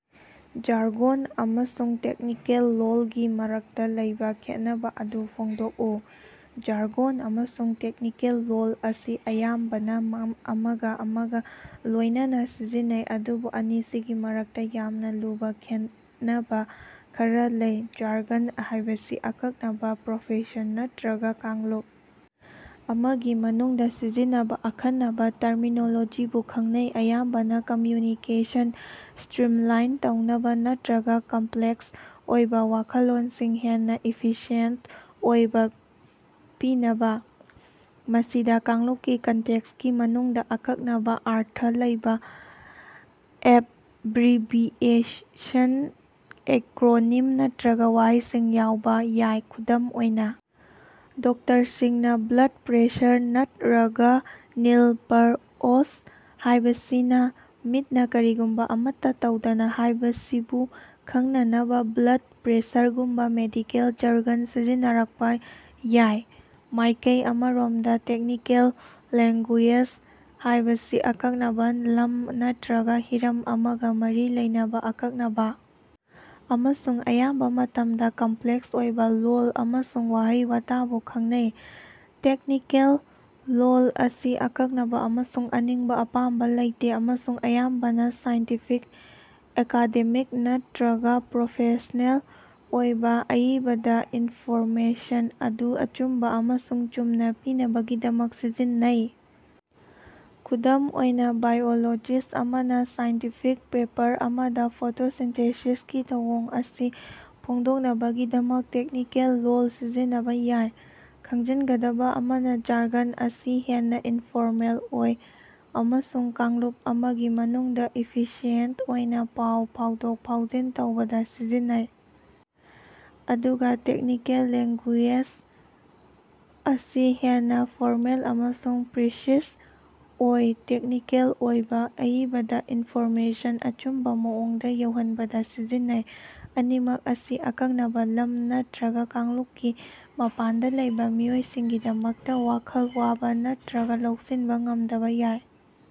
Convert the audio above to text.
Jargon ꯑꯃꯁꯨꯡ technical ꯂꯣꯜꯒꯤ ꯃꯔꯛꯇꯥ ꯂꯩꯕꯥ ꯈꯦꯠꯅꯕꯥ ꯑꯗꯨ ꯐꯣꯡꯗꯣꯛꯎ꯫ ꯖꯥꯔꯒꯣꯟ ꯑꯃꯁꯨꯡ ꯇꯦꯛꯅꯤꯀꯦꯜ ꯂꯣꯜ ꯑꯁꯤ ꯑꯌꯥꯝꯕꯅꯥ ꯑꯃꯒꯥ ꯑꯃꯒꯥ ꯂꯣꯏꯅꯅꯥ ꯁꯤꯖꯤꯟꯅꯩ ꯑꯗꯨꯕꯨ ꯑꯅꯤꯁꯤꯒꯤ ꯃꯔꯛꯇꯥ ꯌꯥꯝꯅꯥ ꯂꯨꯕꯥ ꯈꯦꯠꯅꯕꯥ ꯈꯔꯥ ꯂꯩ꯫ ꯖꯥꯔꯒꯟ ꯍꯥꯏꯕꯁꯤ ꯑꯀꯛꯅꯕꯥ ꯄ꯭ꯔꯣꯐꯦꯁꯟ ꯅꯠꯇ꯭ꯔꯒꯥ ꯀꯥꯡꯂꯨꯞ ꯑꯃꯒꯤ ꯃꯅꯨꯡꯗꯥ ꯁꯤꯖꯤꯟꯅꯕꯥ ꯑꯈꯟꯅꯕꯥ ꯇꯔꯃꯤꯅꯣꯂꯣꯖꯤꯕꯨ ꯈꯪꯅꯩ ꯑꯌꯥꯝꯕꯅꯥ ꯀꯝꯃ꯭ꯌꯨꯅꯤꯀꯦꯁꯟ ꯁ꯭ꯇꯔꯤꯝꯂꯥꯏꯟ ꯇꯧꯅꯕꯥ ꯅꯠꯇ꯭ꯔꯒꯥ ꯀꯝꯄ꯭ꯂꯦꯛꯁ ꯑꯣꯏꯕꯥ ꯋꯥꯈꯜꯂꯣꯟꯁꯤꯡ ꯍꯦꯟꯅꯥ ꯏꯐꯤꯁꯤꯑꯦꯟꯇ ꯑꯣꯏꯅꯥ ꯄꯤꯅꯕꯥ꯫ ꯃꯁꯤꯗꯥ ꯀꯥꯡꯂꯨꯄꯀꯤ ꯀꯟꯇꯦꯛꯁꯀꯤ ꯃꯅꯨꯡꯗꯥ ꯑꯀꯛꯅꯕꯥ ꯑꯔꯊ ꯂꯩꯕꯥ ꯑꯦꯕꯕ꯭ꯔꯤꯕꯤꯌꯦꯁꯟ ꯑꯦꯀ꯭ꯔꯣꯅꯤꯝ ꯅꯠꯇ꯭ꯔꯒꯥ ꯋꯥꯍꯩꯁꯤꯡ ꯌꯥꯎꯕꯥ ꯌꯥꯏ꯫ ꯈꯨꯗꯝ ꯑꯣꯏꯅꯥ ꯗꯣꯛꯇꯔꯁꯤꯡꯅꯥ ꯕ꯭ꯂꯗ ꯄ꯭ꯔꯦꯁꯔ ꯅꯠꯠꯔꯒꯥ ꯅꯤꯜ ꯄꯔ ꯑꯣꯁ ꯍꯥꯏꯕꯁꯤꯅꯥ ꯃꯤꯠꯅꯥ ꯀꯔꯤꯒꯨꯝꯕꯥ ꯑꯃꯠꯇꯥ ꯇꯧꯗꯕꯥ ꯍꯥꯏꯕꯁꯤꯕꯨ ꯈꯪꯅꯅꯕꯥ ꯕ꯭ꯂꯗ ꯄ꯭ꯔꯦꯁꯔꯒꯨꯝꯕꯥ ꯃꯦꯗꯤꯀꯦꯜ ꯖꯔꯒꯟ ꯁꯤꯖꯤꯟꯅꯔꯛꯄꯥ ꯌꯥꯏ꯫ ꯃꯥꯏꯀꯩ ꯑꯃꯔꯣꯃꯗꯥ ꯇꯦꯛꯅꯤꯀꯦꯜ ꯂꯦꯡꯒꯨꯌꯦꯖ ꯍꯥꯏꯕꯁꯤ ꯑꯀꯛꯅꯕꯥ ꯂꯝ ꯅꯠꯇ꯭ꯔꯒꯥ ꯍꯤꯔꯝ ꯑꯃꯒꯥ ꯃꯔꯤ ꯂꯩꯅꯕꯥ ꯑꯀꯛꯅꯕꯥ ꯑꯃꯁꯨꯡ ꯑꯌꯥꯝꯕꯥ ꯃꯇꯝꯗꯥ ꯀꯝꯄ꯭ꯂꯦꯛꯁ ꯑꯣꯏꯕꯥ ꯂꯣꯜ ꯑꯃꯁꯨꯡ ꯋꯥꯍꯩ ꯋꯥꯇꯥꯕꯨ ꯈꯪꯅꯩ꯫ ꯇꯦꯛꯅꯤꯀꯦꯜ ꯂꯣꯜ ꯑꯁꯤ ꯑꯀꯛꯅꯕꯥ ꯑꯃꯁꯨꯡ ꯑꯅꯤꯡꯕꯥ ꯑꯄꯥꯝꯕꯥ ꯂꯩꯇꯦ ꯑꯃꯁꯨꯡ ꯑꯌꯥꯝꯕꯅꯥ ꯁꯥꯏꯟꯇꯤꯐꯤꯛ ꯑꯦꯀꯥꯗꯦꯃꯤꯛ ꯅꯠꯇ꯭ꯔꯒꯥ ꯄ꯭ꯔꯣꯐꯦꯁꯅꯦꯜ ꯑꯣꯏꯕꯥ ꯑꯏꯕꯗꯥ ꯏꯟꯐꯣꯔꯃꯦꯁꯟ ꯑꯗꯨ ꯑꯆꯨꯝꯕꯥ ꯑꯃꯁꯨꯡ ꯆꯨꯝꯅꯥ ꯄꯤꯅꯕꯒꯤꯗꯃꯛ ꯁꯤꯖꯤꯟꯅꯩ꯫ ꯈꯨꯗꯝ ꯑꯣꯏꯅꯥ ꯕꯥꯏꯑꯣꯂꯣꯖꯤꯁ꯭ꯠ ꯑꯃꯅꯥ ꯁꯥꯏꯟꯇꯤꯐꯤꯛ ꯄꯦꯄꯔ ꯑꯃꯗꯥ ꯐꯣꯇꯣꯁꯤꯟꯊꯦꯁꯤꯁꯀꯤ ꯊꯧꯑꯣꯡ ꯑꯁꯤ ꯐꯣꯡꯗꯣꯛꯅꯕꯒꯤꯗꯃꯛ ꯇꯦꯛꯅꯤꯀꯦꯜ ꯂꯣꯜ ꯁꯤꯖꯤꯟꯅꯕꯥ ꯌꯥꯏ꯫ ꯈꯪꯖꯤꯟꯒꯗꯕꯥ ꯑꯃꯅꯥ ꯖꯥꯔꯒꯟ ꯑꯁꯤ ꯍꯦꯟꯅꯥ ꯏꯟꯐꯣꯔꯃꯦꯜ ꯑꯣꯏ ꯑꯃꯁꯨꯡ ꯀꯥꯡꯂꯨꯞ ꯑꯃꯒꯤ ꯃꯅꯨꯡꯗꯥ ꯏꯐꯤꯁꯤꯑꯦꯟꯠ ꯑꯣꯏꯅꯥ ꯄꯥꯎ ꯐꯥꯎꯗꯣꯛ ꯐꯥꯎꯖꯤꯟ ꯇꯧꯕꯗꯥ ꯁꯤꯖꯤꯟꯅꯩ ꯑꯗꯨꯒꯥ ꯇꯦꯛꯅꯤꯀꯦꯜ ꯂꯦꯡꯒꯨꯌꯦꯖ ꯑꯁꯤ ꯍꯦꯟꯅꯥ ꯐꯣꯔꯃꯦꯜ ꯑꯃꯁꯨꯡ ꯄ꯭ꯔꯤꯁꯤꯖ ꯑꯣꯏ ꯇꯦꯛꯅꯤꯀꯦꯜ ꯑꯣꯏꯕꯥ ꯑꯏꯕꯗꯥ ꯏꯟꯐꯣꯔꯃꯦꯁꯟ ꯑꯆꯨꯝꯕꯥ ꯃꯑꯣꯡꯗꯥ ꯌꯧꯍꯟꯕꯗꯥ ꯁꯤꯖꯤꯟꯅꯩ꯫ ꯑꯅꯤꯃꯛ ꯑꯁꯤ ꯑꯀꯛꯅꯕꯥ ꯂꯝ ꯅꯠꯇ꯭ꯔꯒꯥ ꯀꯥꯡꯂꯨꯞꯀꯤ ꯃꯄꯥꯟꯗꯥ ꯂꯩꯕꯥ ꯃꯤꯑꯣꯏꯁꯤꯡꯒꯤꯗꯃꯛꯇꯥ ꯋꯥꯈꯜ ꯋꯥꯕꯥ ꯅꯠꯇ꯭ꯔꯒꯥ ꯂꯧꯁꯤꯟꯕꯥ ꯉꯝꯗꯕꯥ ꯌꯥꯏ꯫